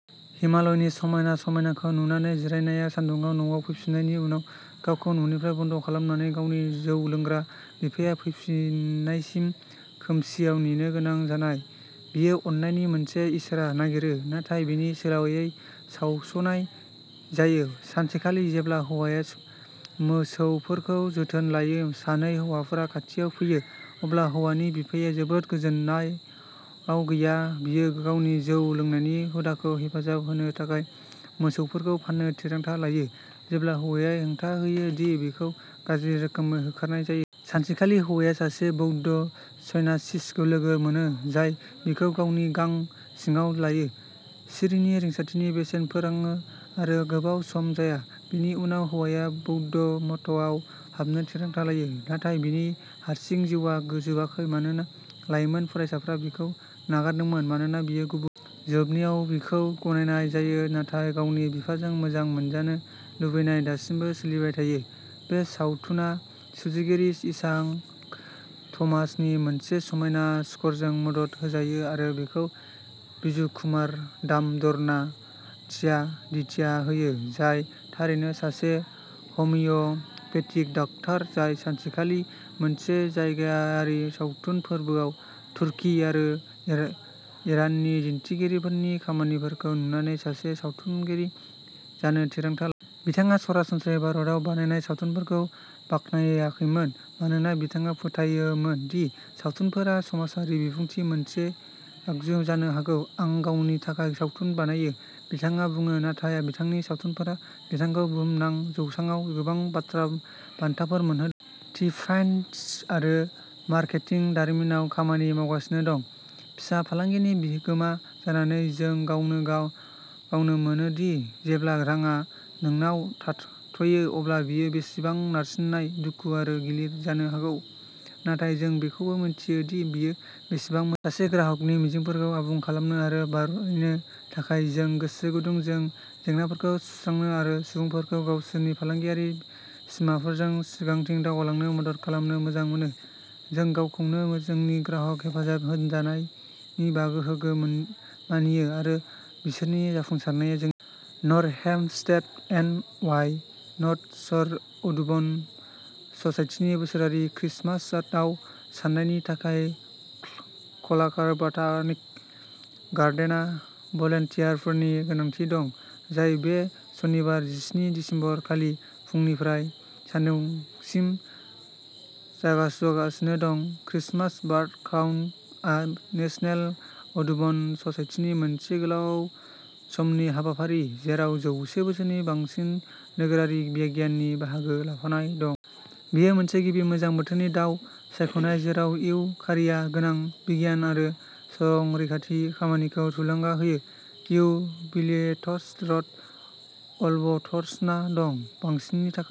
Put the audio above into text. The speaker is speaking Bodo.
हिमालयनि समायना समायनाखौ नुनानै जिरायना, सान्दुङाव न'आव फैफिन्नायनि उनाव गावखौ न'निफ्राय बन्द' खालामनानै, गावनि जौ लोंग्रा बिफाया फैफिन्नायसिम खोमसिआव नेनो गोनां जानाय, बियो अननायनि मोनसे इसारा नागिरो, नाथाय बेनि सोलायै सावस'नाय जायो। सानसेखालि जेब्ला हौवाया मोसौफोरखौ जोथोन लायो, सानै हौवाफोरा खाथियाव फैयो, अब्ला हौवानि बिफाया जोबोद गोजानाव गैया, बियो गावनि जौ लोंनायनि हुदाखौ हेफाजाब होनो थाखाय मोसौफोरखौ फान्नो थिरांथा लायो, जेब्ला हौवाया हेंथा होयो दि बिखौ गाज्रि रोखोमै होखारनाय जायो। सानसेखालि हौवाया सासे बौद्ध सन्यासिखौ लोगो मोनो, जाय बिखौ गावनि गां सिङाव लायो, सिरिनि रिंसारथिनि बेसेन फोरोङो आरो गोबाव सम जाया, बिनि उनाव हौवाया बौद्ध मठआव हाबनो थिरांथा लायो। नाथाय बिनि हारसिं जिउआ जोबाखै मानोना लाइमोन फरायसाफ्रा बिखौ नागारदोंमोन मानोना बियो गुबुन। जोबनायाव, बिखौ गनायनाय जायो, नाथाय गावनि बिफाजों मोजां मोनजानो लुबैनाया दासिमबो सोलिबाय थायो। बे सावथुना सुजुगिरि इसाक थमासनि मोनसे समायना स्करजों मदद होजायो आरो बेखौ बिजुकुमार दाम'दरनआ दिथा होयो, जाय थारैनो सासे हमिय'पेथिक डाक्टार, जाय सानसेखालि मोनसे जायगायारि सावथुन फोरबोआव तुर्की आरो इरानी दिथागिरिफोरनि खामानिफोरखौ नुनानै सासे सावथुनगिरि जानो थिरांथा लायो। बिथाङा सरासनस्रायै भारतआव बानायनाय सावथुनफोरखौ बाख्नायाखैमोन मानोना बिथाङा फोथायोमोन दि सावथुनफोरा समाजारि बिबुंथिनि मोनसे आगजु जानो हागौ। आं गावनि थाखाय सावथुन बानायो बिथाङा बुङो नाथाय बिथांनि सावथुनफोरा बिथांखौ बुहुमनां जौसाङाव गोबां बान्थाफोर मोनहोदोंमोन। टी फाइनेन्स आरो मार्केटिं दारिमिनाव खामानि मावगासिनो दं। फिसा फालांगिनि बिगोमा जानानै जों गावनो मोनो दि जेब्ला रांआ नोंनाव थाथ'यो अब्ला बेयो बेसेबां नारसिननाय, दुखु आरो गिलिर जानो हागौ, नाथाय जों बेखौबो मिन्थियो दि बेयो बेसेबां मोजां मोनो। सासे ग्राहकनि मिजिंफोरखौ आबुं खालामनो आरो बारायनो थाखाय। जों गोसो गुदुं, जों जेंनाफोरखौ सुस्रांनो आरो सुबुंफोरखौ गावसोरनि फालांगियारि सिमांफोरजों सिगांथिं दावगालांनो मदद खालामनो मोजां मोनो। जों गावखौनो जोंनि ग्राहक हेफाजाब हानजानि बाहागो मानियो आरो बिसोरनि जाफुंसारनाया जोंनि। North Hempstead, N Y North Shore Audubon ससाइटिनि बोसोरारि क्रिसमास दाव साननायनि थाखाय क्लार्क बटानिक गार्डेनआव भलन्टियारफोरनि गोनांथि दं, जाय बे सनिबार, जिस्नि दिसेम्बर खालि फुंनिफ्राय सान्दुंसिम जागासिनो दं। क्रिसमास बार्ड काउन्ट आ नेसनेल अडुबन ससाइटिनि मोनसे गोलाव समनि हाबाफारि, जेराव जौसे बोसोरनि बांसिन नोगोरारि बिगियाननि बाहागो लाफानाय दं। बेयो मोनसे गिबि गोजां बोथोरनि दाव सानख'नाय, जेराव इउ खारिआ गोनां बिगियान आरो संरैखाथि खामानिखौ थुलुंगा होयो। इउ विलेट्स रोड, अल्बर्टसनआव दं। बांसिननि थाखाय